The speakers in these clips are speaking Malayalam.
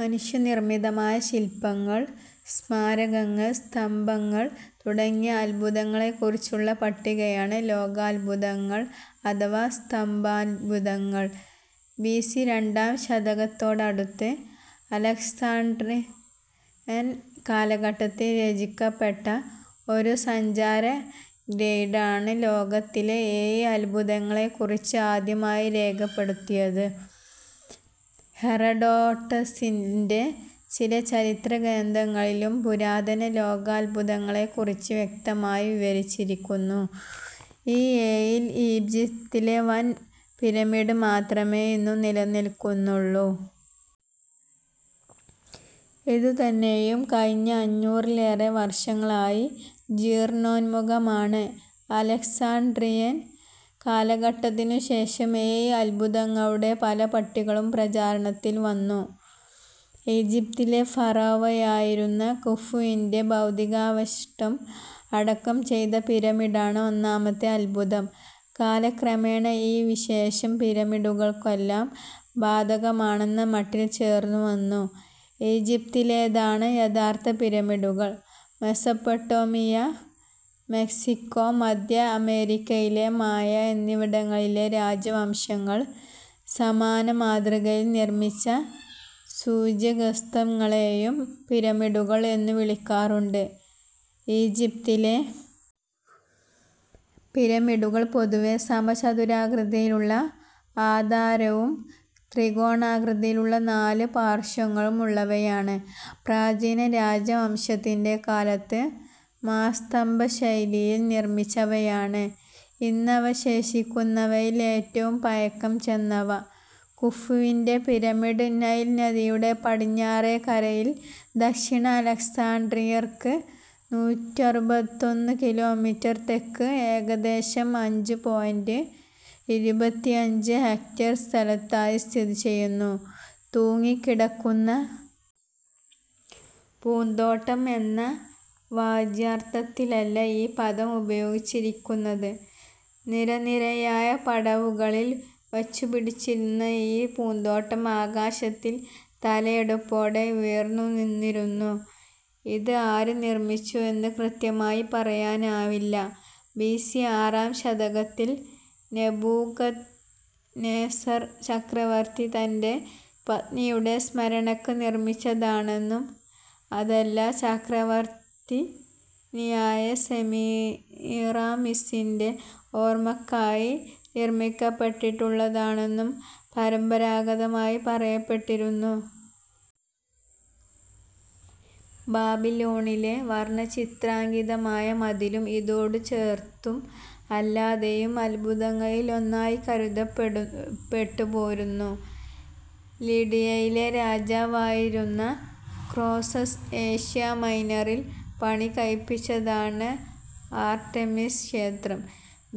മനുഷ്യനിർമ്മിതമായ ശില്പങ്ങൾ സ്മാരകങ്ങൾ സ്തംഭങ്ങൾ തുടങ്ങിയ അത്ഭുതങ്ങളെക്കുറിച്ചുള്ള പട്ടികയാണ് ലോകാത്ഭുതങ്ങൾ അഥവാ സപ്താത്ഭുതങ്ങൾ. ബി സി രണ്ടാം ശതകത്തോടടുത്ത് അലക്സാൻഡ്രിയൻ കാലഘട്ടത്തിൽ രചിക്കപ്പെട്ട ഒരു സഞ്ചാരഗൈഡാണ് ലോകത്തിലെ ഏഴ് അത്ഭുതങ്ങളെക്കുറിച്ച് ആദ്യമായി രേഖപ്പെടുത്തിയത്. ഹെറഡോട്ടസിന്റെ ചില ചരിത്രഗ്രന്ഥങ്ങളിലും പുരാതന ലോകാത്ഭുതങ്ങളെക്കുറിച്ച് വ്യക്തമായി വിവരിച്ചിരിക്കുന്നു.ഈ ഏഴിൽ ഈജിപ്തിലെ വൻ പിരമിഡ് മാത്രമേ ഇന്നു നിലനിൽക്കുന്നുള്ളൂ. ഇതുതന്നെയും കഴിഞ്ഞ അഞ്ഞൂറിലേറെ വർഷങ്ങളായി ജീർണോന്മുഖമാണ്. അലക്സാൻഡ്രിയൻ കാലഘട്ടത്തിനുശേഷം ഏഴ് അത്ഭുതങ്ങളുടെ പല പട്ടികകളും പ്രചാരത്തിൽ വന്നു. ഈജിപ്തിലെ ഫറവോയായിരുന്ന കുഫുവിന്റെ ഭൗതികാവശിഷ്ടം അടക്കം ചെയ്ത പിരമിഡാണ് ഒന്നാമത്തെ അത്ഭുതം. കാലക്രമേണ ഈ വിശേഷണം പിരമിഡുകൾക്കെല്ലാം ബാധകമാണെന്ന മട്ടിൽ ചേർത്തുവന്നു. ഈജിപ്തിലേതാണ് യഥാർഥ പിരമിഡുകൾ. മെസപ്പൊട്ടേമിയ മെക്സിക്കോ മധ്യ അമേരിക്കയിലെ മായ എന്നിവിടങ്ങളിലെ രാജവംശങ്ങൾ സമാന മാതൃകയിൽ നിർമിച്ച സൂച്യഗ്രസ്തംഭങ്ങളെയും പിരമിഡുകൾ എന്നു വിളിക്കാറുണ്ട്. ഈജിപ്തിലെ പിരമിഡുകൾ പൊതുവേ സമചതുരാകൃതിയിലുള്ള ആധാരവും ത്രികോണാകൃതിയിലുള്ള നാല് പാർശ്വങ്ങളും ഉള്ളവയാണ്. പ്രാചീന രാജവംശത്തിന്റെ കാലത്ത് മാസ്തബശൈലിയിൽ നിർമിച്ചവയാണ് ഇന്നവശേഷിക്കുന്നവയിൽ ഏറ്റവും പഴക്കംചെന്നവ. കുഫുവിന്റെ പിരമിഡ് നൈൽ നദിയുടെ പടിഞ്ഞാറേക്കരയിൽ ദക്ഷിണ അലക്സാൻഡ്രിയയ്ക്ക് നൂറ്ററുപത്തൊന്ന് കിലോമീറ്റർ തെക്ക് ഏകദേശം അഞ്ച് പോയിന്റ് ഇരുപത്തിയഞ്ച് ഹെക്ടർ സ്ഥലത്തായി സ്ഥിതി ചെയ്യുന്നു. തൂങ്ങിക്കിടക്കുന്ന പൂന്തോട്ടം എന്ന വാച്യാർഥത്തിലല്ല ഈ പദം പ്രയോഗിച്ചിരിക്കുന്നത്. നിരനിരയായ പടവുകളിൽ വച്ചുപിടിപ്പിച്ചിരുന്ന ഈ പൂന്തോട്ടം ആകാശത്തിൽ തലയെടുപ്പോടെ ഉയർന്നുനിന്നിരുന്നു. ഇത് ആര് നിർമിച്ചു എന്ന് കൃത്യമായി പറയാനാവില്ല. ബി സി ആറാം ശതകത്തിൽ നെബൂഖദ്നേസർ ചക്രവർത്തി തന്റെ പത്നിയുടെ സ്മരണയ്ക്ക് നിർമിച്ചതാണെന്നും അതല്ല ചക്രവർത്തിനിയായ സെമീറാമിസിന്റെ ഓർമയ്ക്കായി നിർമിക്കപ്പെട്ടിട്ടുള്ളതാണെന്നും പരമ്പരാഗതമായി പറയപ്പെട്ടിരുന്നു. ബാബിലോണിലെ വർണചിത്രാങ്കിതമായ മതിലും ഇതോടുചേർത്തും അല്ലാതെയും അത്ഭുതങ്ങളിലൊന്നായി കരുതപ്പെട്ടുപോരുന്നു. ലിഡിയയിലെ രാജാവായിരുന്ന ക്രോസസ് ഏഷ്യാമൈനറിൽ പണികഴിപ്പിച്ചതാണ് ആർട്ടെമിസ് ക്ഷേത്രം.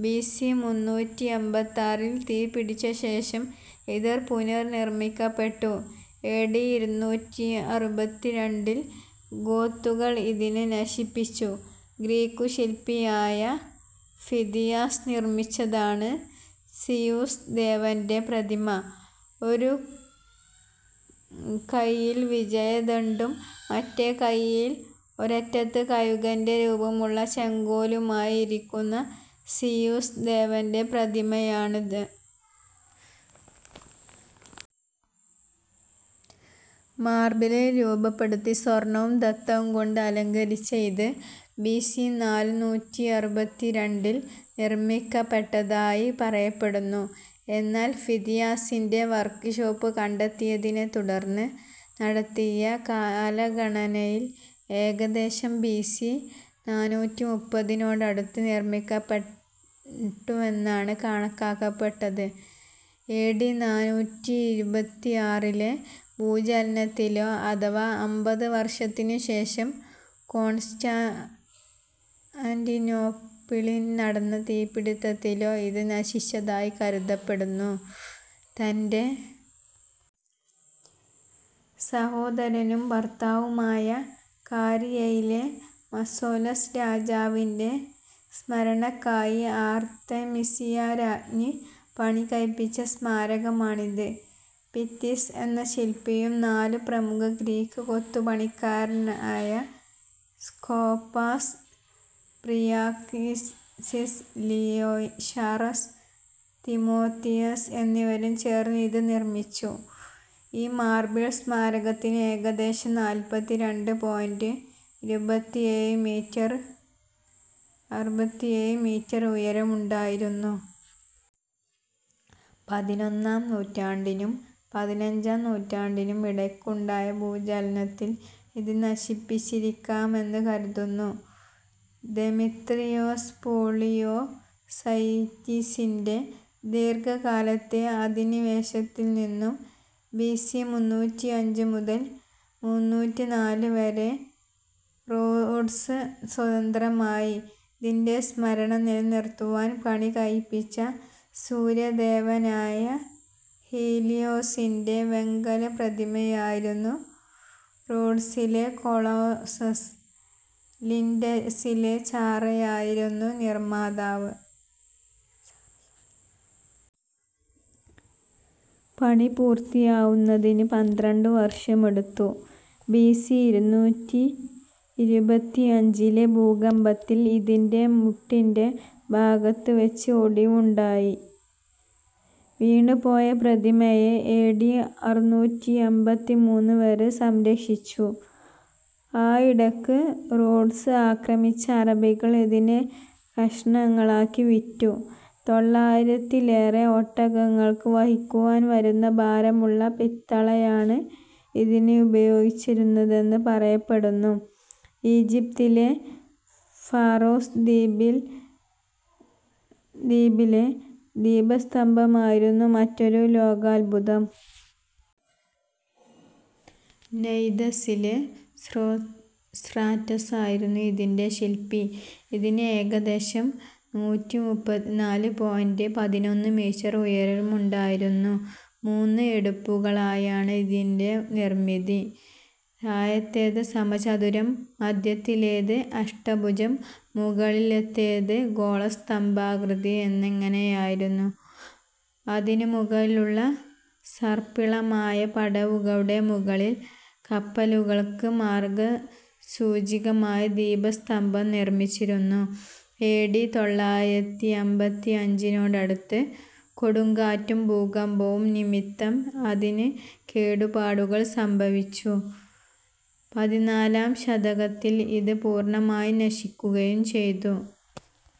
ബി സി മുന്നൂറ്റിയമ്പത്താറിൽ തീപിടിച്ചശേഷം ഇത് പുനർനിർമിക്കപ്പെട്ടു. എ ഡി ഇരുനൂറ്റിയറുപത്തിരണ്ടിൽ ഗോത്തുകൾ ഇതിനെ നശിപ്പിച്ചു. ഗ്രീക്കു ശില്പിയായ ഫിദിയാസ് നിർമിച്ചതാണ് സീയൂസ് ദേവന്റെ പ്രതിമ. ഒരു കൈയിൽ വിജയദണ്ഡും മറ്റേ കൈയിൽ ഒരറ്റത്ത് കഴുകന്റെ രൂപമുള്ള ചെങ്കോലുമായി ഇരിക്കുന്ന സീയൂസ് ദേവന്റെ പ്രതിമയാണിത്. മാർബിളിൽ രൂപപ്പെടുത്തി സ്വർണവും ദന്തവും കൊണ്ട് അലങ്കരിച്ച ഇത് ബി സി നാലുനൂറ്റിയറുപത്തിരണ്ടിൽ നിർമിക്കപ്പെട്ടതായി പറയപ്പെടുന്നു. എന്നാൽ ഫിദിയാസിന്റെ വർക്ക്‌ഷോപ്പ് കണ്ടെത്തിയതിനെത്തുടർന്ന് നടത്തിയ കാലഗണനയിൽ ഏകദേശം ബി സി നാനൂറ്റിമുപ്പതിനോടടുത്ത് നിർമിക്കപ്പെട്ടുവെന്നാണ് കണക്കാക്കപ്പെട്ടത്. എ ഡി നാനൂറ്റിയിരുപത്തിയാറിലെ ഭൂചലനത്തിലോ അഥവാ അമ്പത് വർഷത്തിനുശേഷം കോൺസ്റ്റാന്റിനോപ്പിളിൽ നടന്ന തീപ്പിടിത്തത്തിലോ ഇത് നശിച്ചതായി കരുതപ്പെടുന്നു. തന്റെ സഹോദരനും ഭർത്താവുമായ കാരിയയിലെ മാസോലസ് രാജാവിന്റെ സ്മരണയ്ക്കായി ആർതെമിസിയാ രാജ്ഞി പണികഴിപ്പിച്ച സ്മാരകമാണിത്. പിത്തിസ് എന്ന ശില്പിയും നാലു പ്രമുഖ ഗ്രീക്ക് കൊത്തുപണിക്കാരായ സ്കോപാസ് ബ്രിയാക്സിസ് ലിയോഷാറസ് തിമോതിയസ് എന്നിവരും ചേർന്ന് ഇത് നിർമിച്ചു. ഈ മാർബിൾ സ്മാരകത്തിന് ഏകദേശം നാല്പത്തിരണ്ട് പോയിന്റ് അറുപത്തിയേഴ് മീറ്റർ ഉയരമുണ്ടായിരുന്നു. പതിനൊന്നാം നൂറ്റാണ്ടിനും പതിനഞ്ചാം നൂറ്റാണ്ടിനും ഇടയ്ക്ക് ഉണ്ടായ ഭൂചലനത്തിൽ ഇത് നശിച്ചിരിക്കാമെന്ന് കരുതുന്നു. ദെമിത്രിയോസ് പോളിയോർസെറ്റിസിന്റെ ദീർഘകാലത്തെ അധിനിവേശത്തിൽനിന്നും ബി സി മുന്നൂറ്റിയഞ്ച് മുതൽ മുന്നൂറ്റിനാല് വരെ റോഡ്സ് സ്വതന്ത്രമായി. ഇതിന്റെ സ്മരണ നിലനിർത്തുവാൻ പണികഴിപ്പിച്ച സൂര്യദേവനായ ഹീലിയോസിന്റെ വെങ്കലപ്രതിമയായിരുന്നു റോഡ്സിലെ കൊളോസസ്. ലിൻഡസിലെ ചാറസായിരുന്നു നിർമാതാവ്. പണിപൂർത്തിയാവുന്നതിന് പന്ത്രണ്ടു വർഷമെടുത്തു.ബി സി ഇരുനൂറ്റിയിരുപത്തിയഞ്ചിലെ ഭൂകമ്പത്തിൽ ഇതിന്റെ മുട്ടിന്റെ ഭാഗത്തുവച്ച് ഒടിവുണ്ടായി. വീണുപോയ പ്രതിമയെ എ ഡി അറുനൂറ്റിയമ്പത്തിമൂന്ന് വരെ സംരക്ഷിച്ചു. ആയിടയ്ക്ക് റോഡ്സ് ആക്രമിച്ച അറബികൾ ഇതിനെ കഷണങ്ങളാക്കി വിറ്റു. തൊള്ളായിരത്തിലേറെ ഒട്ടകങ്ങൾക്ക് വഹിക്കുവാൻ വരുന്ന ഭാരമുള്ള പിത്തളയാണ് ഇതിനുപയോഗിച്ചിരുന്നതെന്ന് പറയപ്പെടുന്നു. ഈജിപ്തിലെ ഫാരോസ് ദ്വീപിൽ അലക്സാണ്ട്രിയ തുറമുഖ കവാടത്തിൽ ടോളമിയുടെ ഭരണകാലത്ത് നിർമിച്ച ഫാരോസ് ദ്വീപിലെ ദീപസ്തംഭമായിരുന്നു മറ്റൊരു ലോകാത്ഭുതം. നൈദസ്സിലെ സോസ്റ്റ്രാറ്റസായിരുന്നു ഇതിന്റെ ശില്പി. ഇതിന് ഏകദേശം നൂറ്റിമുപ്പത്തിനാല് പോയിന്റ് പതിനൊന്ന് മീറ്റർ ഉയരമുണ്ടായിരുന്നു. മൂന്ന് എടുപ്പുകളായാണ് ഇതിന്റെ നിർമിതി. താഴത്തേത് സമചതുരം മധ്യത്തിലേത് അഷ്ടഭുജം മുകളിലത്തേത് ഗോളസ്തംഭാകൃതി എന്നിങ്ങനെയായിരുന്നു. അതിനു മുകളിലുള്ള സർപ്പിളമായ പടവുകളുടെ മുകളിൽ കപ്പലുകൾക്ക് മാർഗസൂചകമായി ദീപസ്തംഭം നിർമിച്ചിരുന്നു. എ ഡി തൊള്ളായിരത്തിയമ്പത്തിയഞ്ചിനോടടുത്ത് കൊടുങ്കാറ്റും ഭൂകമ്പവും നിമിത്തം ഇതിന് കേടുപാടുകൾ സംഭവിച്ചു. പതിനാലാം ശതകത്തിൽ ഇത് പൂർണമായി നശിക്കുകയും ചെയ്തു.